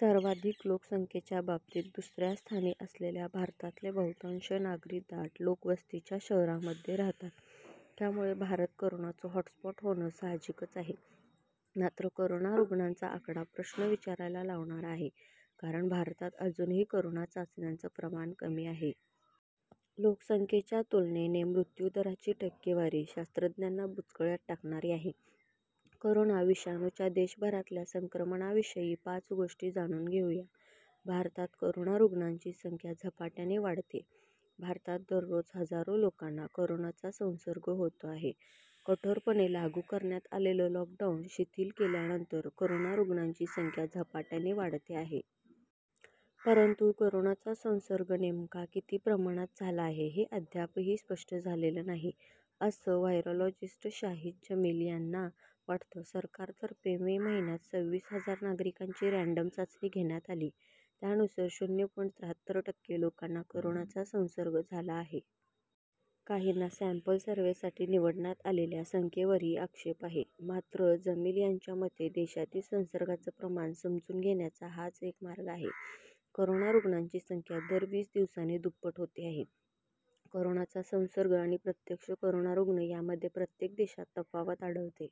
सर्वाधिक लोकसंख्येच्या बाबतीत दुसऱ्या स्थानी असलेल्या भारतातले बहुतांश नागरिक दाट लोकवस्तीच्या शहरांमध्ये राहतात. त्यामुळे भारत कोरोनाचं हॉटस्पॉट होणं साहजिकही आहे. मात्र कोरोना रुग्णांचा आकडा प्रश्न विचारायला लावणारा आहे. कारण भारतात अजूनही कोरोना चाचण्यांचं प्रमाण कमी आहे. लोकसंख्येच्या तुलनेने मृत्यूदराची टक्केवारी शास्त्रज्ञांना बुचकळ्यात टाकणारी आहे. कोरोना विषाणूच्या देशभरातल्या संक्रमणाविषयी पाच गोष्टी जाणून घेऊया. भारतात कोरोना रुग्णांची संख्या झपाट्याने वाढतेय भारतात दररोज हजारो लोकांना कोरोनाचा संसर्ग होतो आहे. कठोरपणे लागू करण्यात आलेलं लॉकडाऊन शिथिल केल्यानंतर कोरोना रुग्णांची संख्या झपाट्याने वाढते आहे. परंतु कोरोनाचा संसर्ग नेमका किती प्रमाणात झाला आहे हे अद्यापही स्पष्ट झालेलं नाही असं व्हायरॉलॉजिस्ट शाहीद जमील यांना वाटतं. सरकारतर्फे मे महिन्यात सव्वीस हजार नागरिकांची रँडम चाचणी घेण्यात आली. त्यानुसार शून्य पॉइंट त्र्याहत्तर टक्के लोकांना कोरोनाचा संसर्ग झाला आहे. काहींना सँपल सर्व्हेसाठी निवडण्यात आलेल्या संख्येवरही आक्षेप आहे. मात्र जमील यांच्या मते देशातील संसर्गाचं प्रमाण समजून घेण्याचा हाच एक मार्ग आहे. कोरोना रुग्णांची संख्या दर वीस दिवसांनी दुप्पट होते आहे. कोरोनाचा संसर्ग आणि प्रत्यक्ष कोरोना रुग्ण यामध्ये प्रत्येक देशात तफावत आढळते.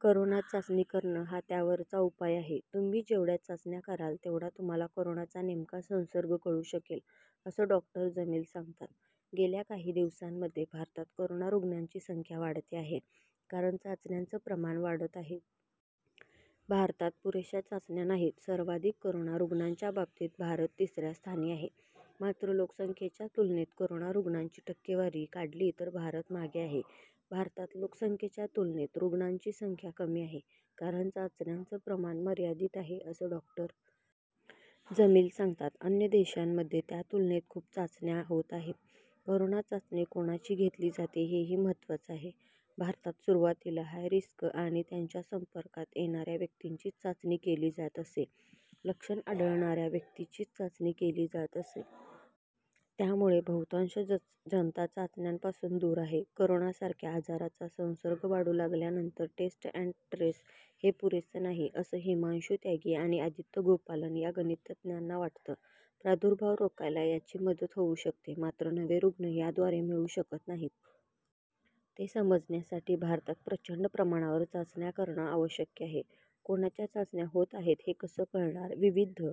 कोरोना चाचणी करणं हा त्यावरचा उपाय आहे. तु्म्ही जेवढ्या चाचण्या कराल, तेवढा तुम्हाला कोरोनाचा नेमका संसर्ग कळू शकेल, असं डॉ. जमील सांगतात. गेल्या काही दिवसांमध्ये भारतात कोरोना रुग्णांची संख्या वाढते आहे, कारण चाचण्यांचं प्रमाण वाढतं आहे. भारतात पुरेशा चाचण्या नाहीत सर्वाधिक कोरोना रुग्णांच्या बाबतीत भारत तिसऱ्या स्थानी आहे. मात्र लोकसंख्याच्या तुलनेत कोरोना रुग्णांची टक्केवारी काढली तर भारत मागे आहे. भारतात लोकसंख्येच्या तुलनेत रुग्णांची संख्या कमी आहे कारण चाचण्यांचं प्रमाण मर्यादित आहे असं डॉ. जमील सांगतात. अन्य देशांमध्ये त्यातुलनेत खूप चाचण्या होत आहेत. कोरोना चाचणी कोणाची घेतली जाते हेही महत्त्वाचं आहे. भारतात सुरुवातीला हाय रिस्क आणि त्यांच्या संपर्कात येणाऱ्या व्यक्तींचीच चाचणी केली जात असे. लक्षणं आढळणाऱ्या व्यक्तींचीच चाचणी केली जात असे. त्यामुळे बहुतांश जनता चाचण्यांपासून दूर आहे. कोरोनासारख्या आजाराचा संसर्ग वाढू लागल्यानंतर टेस्ट अँड ट्रेस हे पुरेसं नाही, असं हिमांशू त्यागी आणि आदित्य गोपालन या गणिततज्ज्ञांना वाटतं. प्रादुर्भाव रोखायला याची मदत होऊ शकते मात्र नवे रुग्ण याद्वारे मिळू शकत नाहीत. ते समजण्यासाठी भारतात प्रचंड प्रमाणावर चाचण्या करणं आवश्यक आहे. कोणाच्या चाचण्या होत आहेत हे कसं कळणार? विविध